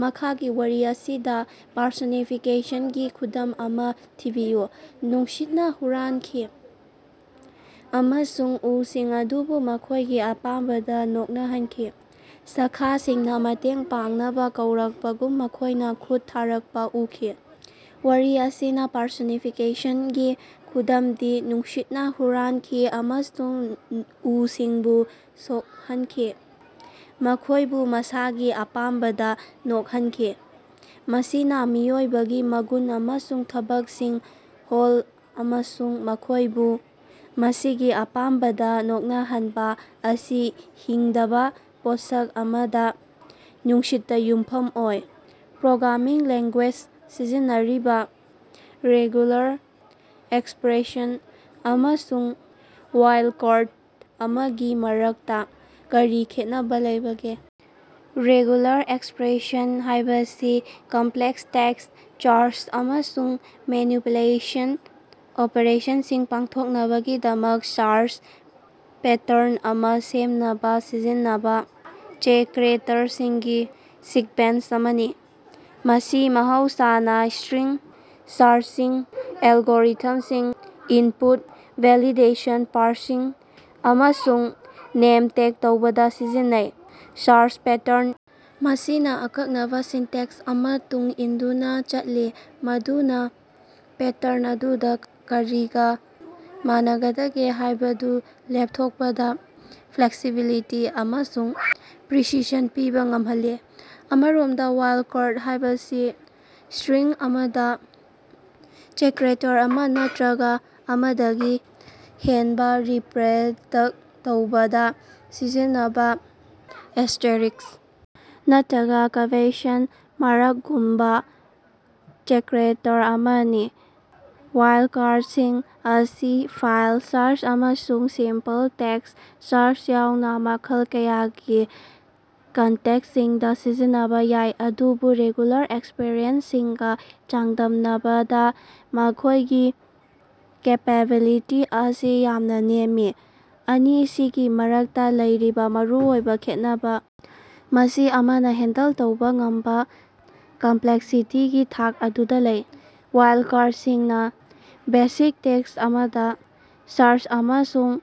ꯃꯈꯥꯒꯤ ꯋꯥꯔꯤ ꯑꯁꯤꯗ ꯄꯔꯁꯣꯅꯤꯐꯤꯀꯦꯁꯟꯒꯤ ꯈꯨꯗꯝ ꯑꯃꯥ ꯊꯤꯕꯤꯌꯨ꯫ ꯅꯨꯡꯁꯤꯠꯅ ꯍꯨꯔꯥꯟꯈꯤ ꯑꯃꯁꯨꯡ ꯎꯁꯤꯡ ꯑꯗꯨꯕꯨ ꯃꯈꯣꯏꯒꯤ ꯑꯄꯥꯝꯕꯗ ꯅꯣꯛꯅꯍꯟꯈꯤ꯫ ꯁꯥꯈꯥꯁꯤꯡꯅꯥ ꯃꯇꯦꯡ ꯄꯥꯡꯅꯕ ꯀꯧꯔꯛꯄꯒꯨꯝ ꯃꯈꯣꯏꯅ ꯈꯨꯠ ꯊꯥꯔꯛꯄ ꯎꯈꯤ꯫ ꯋꯥꯔꯤ ꯑꯁꯤꯗ ꯄꯔꯁꯣꯅꯤꯐꯤꯀꯦꯁꯟꯒꯤ ꯈꯨꯗꯝꯗꯤ ꯅꯨꯡꯁꯤꯠꯅ ꯍꯨꯔꯥꯟꯈꯤ ꯑꯃꯁꯨꯡ ꯎꯁꯤꯡꯕꯨ ꯁꯣꯛꯍꯟꯈꯤ, ꯃꯈꯣꯏꯕꯨ ꯃꯁꯥꯒꯤ ꯑꯄꯥꯝꯕꯗꯥ ꯅꯣꯛꯍꯟꯈꯤ꯫ ꯃꯁꯤꯅꯥ ꯃꯤꯑꯣꯏꯕꯒꯤ ꯃꯒꯨꯟ ꯑꯃꯁꯨꯡ ꯊꯕꯛꯁꯤꯡ ꯍꯣꯜ ꯑꯃꯁꯨꯡ ꯃꯈꯣꯏꯕꯨ ꯃꯁꯤꯒꯤ ꯑꯄꯥꯝꯕꯗꯥ ꯅꯣꯛꯅꯍꯟꯕ ꯑꯁꯤ ꯍꯤꯡꯗꯕ ꯄꯣꯠꯁꯛ ꯑꯃꯗ, ꯅꯨꯡꯁꯤꯠꯇ ꯌꯨꯝꯐꯝ ꯑꯣꯏ꯫ ꯄ꯭ꯔꯣꯒ꯭ꯔꯥꯃꯤꯡ ꯂꯦꯉ꯭ꯒꯨꯌꯦꯖꯗ ꯁꯤꯖꯤꯟꯅꯔꯤꯕ ꯔꯦꯒꯨꯂꯥꯔ ꯑꯦꯛꯁꯄꯔꯦꯁꯟ ꯑꯃꯁꯨꯡ ꯋꯥꯏꯜꯠꯀꯥꯔꯗ ꯑꯃꯒꯤ ꯃꯔꯛꯇꯥ ꯀꯔꯤ ꯈꯦꯠꯅꯕꯥ ꯂꯩꯕꯒꯦ? ꯔꯦꯒꯨꯂꯥꯔ ꯑꯦꯛꯁꯄꯔꯦꯁꯟ ꯍꯥꯏꯕꯁꯤ ꯀꯝꯄꯂꯦꯛꯁ ꯇꯦꯛꯁ ꯁꯥꯔꯆ ꯑꯃꯁꯨꯡ ꯃꯦꯅꯤꯄꯨꯂꯦꯁꯟ ꯑꯣꯄꯔꯦꯁꯟꯁꯤꯡ ꯄꯥꯡꯊꯣꯛꯅꯕꯒꯤꯗꯃꯛ ꯁꯥꯔꯆ ꯄꯦꯇꯔꯟ ꯑꯃꯥ ꯁꯦꯝꯅꯕ ꯁꯤꯖꯤꯟꯅꯕ ꯆꯦꯀꯔꯦꯇꯔꯁꯤꯡꯒꯤ ꯁꯤꯛꯕꯦꯟꯁ ꯑꯃꯅꯤ꯫ ꯃꯁꯤ ꯃꯍꯧꯁꯥꯅ ꯁ꯭ꯇꯔꯤꯡ ꯁꯥꯔꯆꯤꯡ ꯑꯦꯜꯒꯣꯔꯤꯊꯝꯁꯤꯡ, ꯏꯟꯄꯨꯠ ꯚꯦꯂꯤꯗꯦꯁꯟ, ꯄꯥꯔꯁꯤꯡ, ꯑꯃꯁꯨꯡ ꯅꯦꯝ ꯇꯦꯒ ꯇꯧꯕꯗ ꯁꯤꯖꯤꯟꯅꯩ꯫ ꯁꯥꯔꯆ ꯄꯦꯇꯔꯟ ꯃꯁꯤꯅ ꯑꯀꯛꯅꯕ ꯁꯤꯟꯇꯦꯛꯁ ꯑꯃꯥ ꯇꯨꯡ ꯏꯟꯗꯨꯅ ꯆꯠꯂꯤ ꯃꯗꯨꯅꯥ ꯄꯦꯇꯔꯟ ꯑꯗꯨꯗ ꯀꯔꯤꯒꯥ ꯃꯥꯟꯅꯒꯗꯒꯦ ꯍꯥꯏꯕꯗꯨ ꯂꯦꯞꯊꯣꯛꯄꯗ ꯐ꯭ꯂꯦꯛꯁꯤꯕꯤꯂꯤꯇꯤ ꯑꯃꯁꯨꯡ ꯄ꯭ꯔꯤꯁꯤꯁꯟ ꯄꯤꯕ ꯉꯝꯍꯜꯂꯤ꯫ ꯑꯃꯔꯣꯝꯗ, ꯋꯥꯏꯜꯗꯀꯥꯔꯗ ꯍꯥꯏꯕꯁꯤ ꯁ꯭ꯇꯔꯤꯡ ꯑꯃꯗ ꯆꯦꯀꯔꯦꯇꯔ ꯑꯃꯥ ꯅꯠꯇꯔꯒ ꯑꯃꯗꯒꯤ ꯍꯦꯟꯕ ꯔꯤꯄꯔꯗꯛ ꯇꯧꯕꯗ ꯁꯤꯖꯤꯟꯅꯕ ꯑꯦꯁ꯭ꯇꯦꯔꯤꯁ꯭ꯛ ꯅꯠꯇꯔꯒ ꯀ꯭ꯕꯦꯁꯟ ꯃꯥꯔꯛꯒꯨꯝꯕ ꯆꯦꯀꯔꯦꯇꯔ ꯑꯃꯅꯤ꯫ ꯋꯥꯏꯜꯗꯀꯥꯔꯗꯁꯤꯡ ꯑꯁꯤ ꯐꯥꯏꯜ ꯁꯥꯔꯆ ꯑꯃꯁꯨꯡ ꯁꯤꯝꯄꯜ ꯇꯦꯛꯁ ꯁꯥꯔꯆ ꯌꯥꯎꯅ ꯃꯈꯜ ꯀꯌꯥꯒꯤ ꯀꯟꯇꯦꯛꯁꯁꯤꯡꯗ ꯁꯤꯖꯤꯟꯅꯕ ꯌꯥꯏ, ꯑꯗꯨꯕꯨ ꯔꯦꯒꯨꯂꯥꯔ ꯑꯦꯛꯁꯄꯔꯦꯟꯁꯁꯤꯡꯒ ꯆꯥꯡꯗꯝꯅꯕꯗ ꯃꯈꯣꯏꯒꯤ ꯀꯦꯄꯦꯕꯤꯂꯤꯇꯤ ꯑꯁꯤ ꯌꯥꯝꯅꯥ ꯅꯦꯝꯃꯤ꯫ ꯑꯅꯤꯁꯤꯒꯤ ꯃꯔꯛꯇ ꯂꯩꯔꯤꯕ ꯃꯔꯨꯑꯣꯏꯕ ꯈꯦꯠꯅꯕ ꯃꯁꯤ ꯑꯃꯅꯥ ꯍꯦꯟꯗꯜ ꯇꯧꯕ ꯉꯝꯕꯥ ꯀꯝꯄꯂꯦꯛꯁꯤꯇꯤꯒꯤ ꯊꯥꯛ ꯑꯗꯨꯗ ꯂꯩ꯫ ꯋꯥꯏꯜꯗꯀꯥꯔꯗꯁꯤꯡꯅ ꯕꯦꯁꯤꯛ ꯇꯦꯛꯁ ꯑꯃꯗ ꯁꯥꯔꯆ ꯑꯃꯁꯨꯡ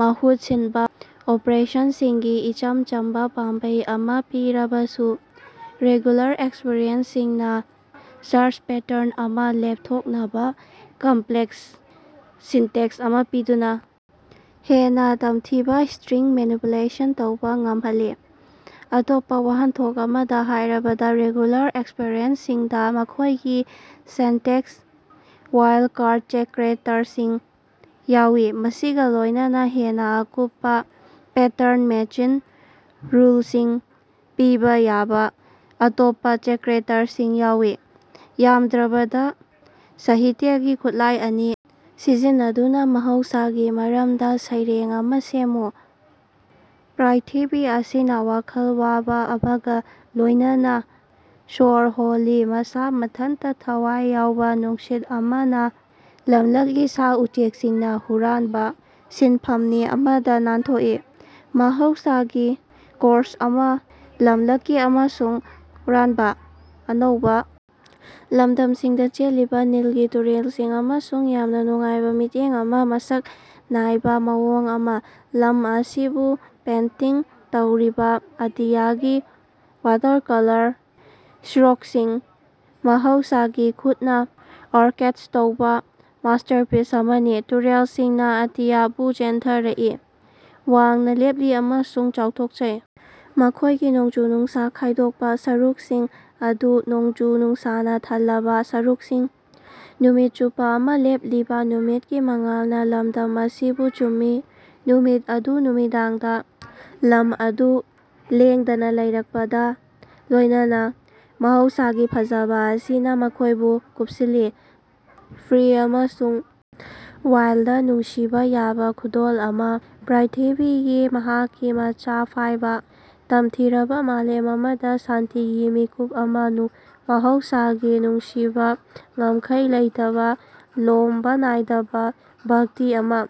ꯃꯍꯨꯠ ꯁꯤꯟꯕ ꯑꯣꯄꯔꯦꯁꯟꯁꯤꯡꯒꯤ ꯏꯆꯝ ꯆꯝꯕ ꯄꯥꯝꯕꯩ ꯑꯃꯥ ꯄꯤꯔꯕꯁꯨ, ꯔꯦꯒꯨꯂꯥꯔ ꯑꯦꯛꯁꯄꯔꯦꯟꯁꯁꯤꯡꯅ ꯁꯥꯔꯆ ꯄꯦꯇꯔꯟ ꯑꯃ ꯂꯦꯞꯊꯣꯛꯅꯕ ꯀꯝꯄꯂꯦꯛꯁ ꯁꯤꯟꯇꯦꯛꯁ ꯑꯃꯥ ꯄꯤꯗꯨꯅ ꯍꯦꯟꯅ ꯇꯝꯊꯤꯕꯥ ꯁ꯭ꯇꯔꯤꯡ ꯃꯦꯅꯤꯄꯨꯂꯦꯁꯟ ꯇꯧꯕ ꯌꯥꯍꯜꯂꯤ꯫ ꯑꯇꯣꯞꯄ ꯋꯥꯍꯟꯊꯣꯛ ꯑꯃꯗ ꯍꯥꯏꯔꯕꯗ, ꯔꯦꯒꯨꯂꯥꯔ ꯑꯦꯛꯁꯄꯔꯦꯟꯁꯁꯤꯡꯗ ꯃꯈꯣꯏꯒꯤ ꯁꯤꯟꯇꯦꯛꯁ ꯋꯥꯏꯜꯠꯀꯥꯔꯗ ꯆꯦꯀꯔꯦꯇꯔꯁꯤꯡ ꯌꯥꯎꯏ, ꯃꯁꯤꯒ ꯂꯣꯏꯅꯅꯥ ꯍꯦꯟꯅ ꯑꯀꯨꯞꯄ ꯄꯦꯇꯔꯟ ꯃꯦꯆꯤꯡ ꯔꯨꯜꯁꯤꯡ ꯄꯤꯕ ꯌꯥꯕ ꯑꯇꯣꯞꯄ ꯆꯦꯀꯔꯦꯇꯔꯁꯤꯡ ꯌꯥꯎꯏ꯫ ꯌꯥꯝꯗ꯭ꯔꯕꯗ ꯁꯥꯍꯤꯇꯌꯒꯤ ꯈꯨꯠꯂꯥꯏ ꯑꯅꯤ ꯁꯤꯖꯤꯟꯅꯗꯨꯅ ꯃꯍꯧꯁꯥꯒꯤ ꯃꯔꯝꯗ ꯁꯩꯔꯦꯡ ꯑꯃꯥ ꯁꯦꯝꯃꯨ꯫ ꯄ꯭ꯔ꯭ꯏꯊꯤꯕꯤ ꯑꯁꯤꯅ ꯋꯥꯈꯜ ꯋꯥꯕ ꯑꯃꯒ ꯂꯣꯏꯅꯅꯥ ꯁ꯭ꯋꯔ ꯍꯣꯜꯂꯤ ꯃꯁꯥ ꯃꯊꯟꯇꯥ ꯊꯋꯥꯏ ꯌꯥꯎꯕ ꯅꯨꯡꯁꯤꯠ ꯑꯃꯅꯥ, ꯂꯝꯂꯛꯀꯤ ꯁꯥ-ꯎꯆꯦꯛꯁꯤꯡꯅ ꯍꯨꯔꯥꯟꯕ ꯁꯤꯟꯐꯝꯅꯤ ꯑꯃꯗꯥ ꯅꯥꯟꯊꯣꯛꯏ, ꯃꯍꯧꯁꯥꯒꯤ ꯀꯣꯔꯁ ꯑꯃꯥ, ꯂꯝꯂꯛꯀꯤ ꯑꯃꯁꯨꯡ ꯍꯨꯔꯥꯟꯕꯥ꯫ ꯑꯉꯧꯕ ꯂꯝꯗꯝꯁꯤꯡꯗ ꯆꯦꯜꯂꯤꯕ ꯅꯤꯜꯒꯤ ꯇꯨꯔꯦꯜꯁꯤꯡ, ꯑꯃꯁꯨꯡ ꯌꯥꯝꯅꯥ ꯅꯨꯡꯉꯥꯏꯕ ꯃꯤꯠꯌꯦꯡ ꯑꯃꯥ, ꯃꯁꯛ ꯅꯥꯏꯕ ꯃꯑꯣꯡ ꯑꯃꯥ; ꯂꯝ ꯑꯁꯤꯕꯨ ꯄꯦꯟꯇꯤꯡ ꯇꯧꯔꯤꯕ ꯑꯇꯤꯌꯥꯒꯤ ꯋꯥꯠꯇꯔꯀꯂꯔ ꯁ꯭ꯇꯔꯣꯛꯁꯤꯡ ꯃꯍꯧꯁꯥꯒꯤ ꯈꯨꯠꯅ ꯑꯣꯔꯀꯦꯁ꯭ꯠ ꯇꯧꯕꯥ ꯃꯥꯁ꯭ꯇꯔꯄꯤꯁ ꯑꯃꯅꯤ꯫ ꯇꯨꯔꯦꯜꯁꯤꯡꯅ ꯑꯇꯤꯌꯥꯕꯨ ꯆꯦꯟꯊꯔꯛꯏ, ꯋꯥꯡꯅ ꯂꯦꯞꯂꯤ ꯑꯃꯁꯨꯡ ꯆꯥꯎꯊꯣꯛꯆꯩ, ꯃꯈꯣꯏꯒꯤ ꯅꯣꯡꯖꯨ-ꯅꯨꯡꯁꯥ ꯈꯥꯏꯗꯣꯛꯄ ꯁꯔꯨꯛꯁꯤꯡ ꯑꯗꯨ ꯅꯣꯡꯖꯨ-ꯅꯨꯡꯁꯥꯅ ꯊꯜꯂꯕ ꯁꯔꯨꯛꯁꯤꯡ꯫ ꯅꯨꯃꯤꯠ ꯆꯨꯞꯄ ꯑꯃꯥ ꯂꯦꯞꯂꯤꯕ ꯅꯨꯃꯤꯠꯀꯤ ꯃꯉꯥꯜꯅ ꯂꯝꯗꯝ ꯑꯁꯤꯕꯨ ꯆꯨꯝꯃꯤ, ꯅꯨꯃꯤꯠ ꯑꯗꯨ ꯅꯨꯃꯤꯗꯥꯡꯗ ꯂꯝ ꯑꯗꯨ ꯂꯦꯡꯗꯅꯥ ꯂꯩꯔꯛꯄꯒ ꯂꯣꯏꯅꯅꯥ꯫ ꯃꯍꯧꯁꯥꯒꯤ ꯐꯖꯕꯥ ꯑꯁꯤꯅ ꯃꯈꯣꯏꯕꯨ ꯀꯨꯞꯁꯤꯜꯂꯤ, ꯐ꯭ꯔꯤ ꯑꯃꯁꯨꯡ ꯋꯥꯏꯜꯗ ꯅꯨꯡꯁꯤꯕꯥ ꯌꯥꯕꯥ ꯈꯨꯗꯣꯜ ꯑꯃꯥ, ꯄ꯭ꯔ꯭ꯏꯊꯤꯕꯤꯒꯤ ꯃꯍꯥꯛꯀꯤ ꯃꯆꯥ ꯐꯥꯏꯕ꯫ ꯇꯝꯊꯤꯔꯕ ꯃꯥꯂꯦꯝ ꯑꯃꯗ ꯁꯥꯟꯇꯤꯒꯤ ꯃꯤꯀꯨꯞ ꯑꯃꯥꯅꯤ, ꯃꯍꯧꯁꯥꯒꯤ ꯅꯨꯡꯁꯤꯕꯥ, ꯉꯝꯈꯩ ꯂꯩꯇꯕꯥ, ꯂꯣꯝꯕꯥ ꯅꯥꯏꯗꯕ ꯚꯛꯇꯤ ꯑꯃꯥ꯫